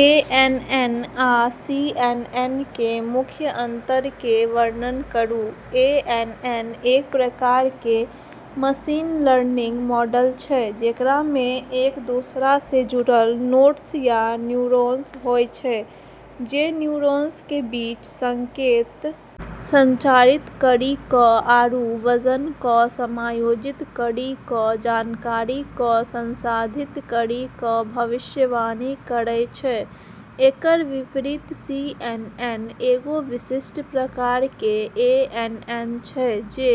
ANN आ CNN के मुख्य अंतर के वर्णन करू एएनएन एक प्रकार के मशीन लर्निंग मॉडल छै जेकरा मे एक दोसरा से जुड़लऽ नोड्स या न्यूरॉन्स होय छै जे न्यूरॉन्स के बीच संकेत संचारित करी क आरू वजन क समायोजित करी क जानकारी क संसाधित करी क भविष्यवाणी करै छै, एकरऽ विपरीत, सीएनएन एगो विशिष्ट प्रकार के एएनएन छै जे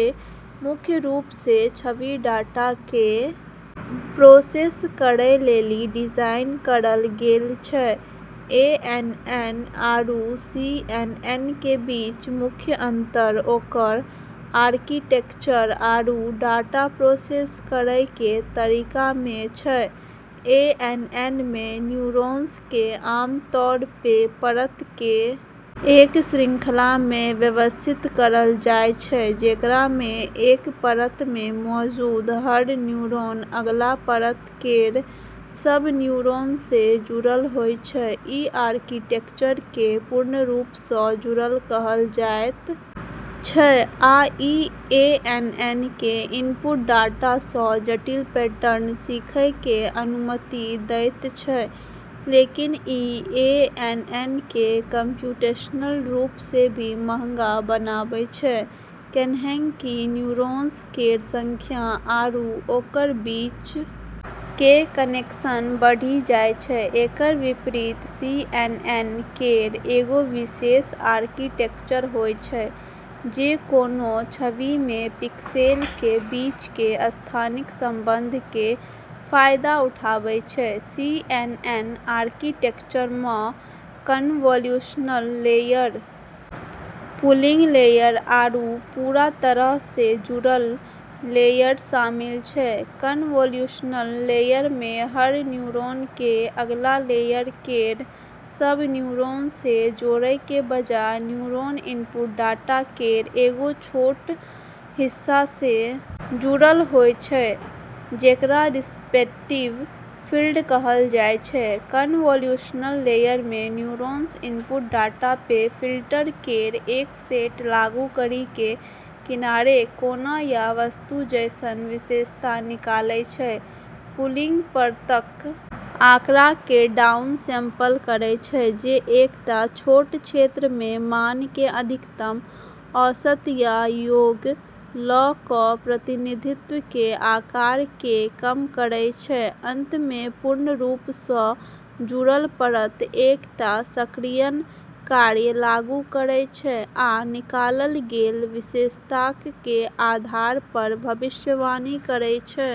मुख्य रूप से छवि डाटा के प्रोसेस करै लेली डिजाइन करलऽ गेलऽ छै, एएनएन आरू सीएनएन के बीच मुख्य अंतर ओकरऽ आर्किटेक्चर आरू डाटा प्रोसेस करै के तरीका मे छै, एएनएन मे न्यूरॉन्स के आम तौर पे परतऽ के एक श्रृंखला मे व्यवस्थित करलऽ जाय छै जेकरा मे एक परत मे मौजूद हर न्यूरॉन अगला परत केरऽ सब न्यूरॉन से जुड़लऽ होय छै, इ आर्किटेक्चर कें पूर्ण रूप सं जुड़ल कहल जायत छै आ इ एएनएन कें इनपुट डाटा सं जटिल पैटर्न सीखय कें अनुमति देयत छै, लेकिन ई एएनएन के कम्प्यूटेशनल रूप से भी महंगा बनाबै छै, कैन्हेंकि न्यूरॉन्स केरऽ संख्या आरू ओकरऽ बीच के कनेक्शन बढ़ी जाय छै, एकरऽ विपरीत, सीएनएन केरऽ एगो विशेष आर्किटेक्चर होय छै जे कोनो छवि मे पिक्सेल के बीच के स्थानिक संबंध के फायदा उठाबै छै, सीएनएन आर्किटेक्चर म॑ कन्वोल्यूशनल लेयर, पूलिंग लेयर, आरू पूरा तरह से जुड़लऽ लेयर शामिल छै, कन्वोल्यूशनल लेयरऽ मे हर न्यूरॉन के अगला लेयर केरऽ सब न्यूरॉन से जोड़ै के बजाय न्यूरॉन इनपुट डाटा केरऽ एगो छोटऽ हिस्सा से जुड़लऽ होय छै जेकरा रिसेप्टिव फील्ड कहलऽ जाय छै, कन्वोल्यूशनल लेयर मे न्यूरॉन्स इनपुट डाटा पे फिल्टर केरऽ एक सेट लागू करी के किनारे, कोना या वस्तु जैसनऽ विशेषता निकालै छै, पूलिंग परतक आँकड़ा कें डाउनसैंपल करय छै जे एकटा छोट क्षेत्र मे मान कें अधिकतम औसत या योग ल क प्रतिनिधित्व कें आकार कें कम करय छै, अंत मे पूर्ण रूप सं जुड़ल परत एकटा सक्रियण कार्य लागू करय छै आ निकालल गेल विशेषताक कें आधार पर भविष्यवाणी करय छै।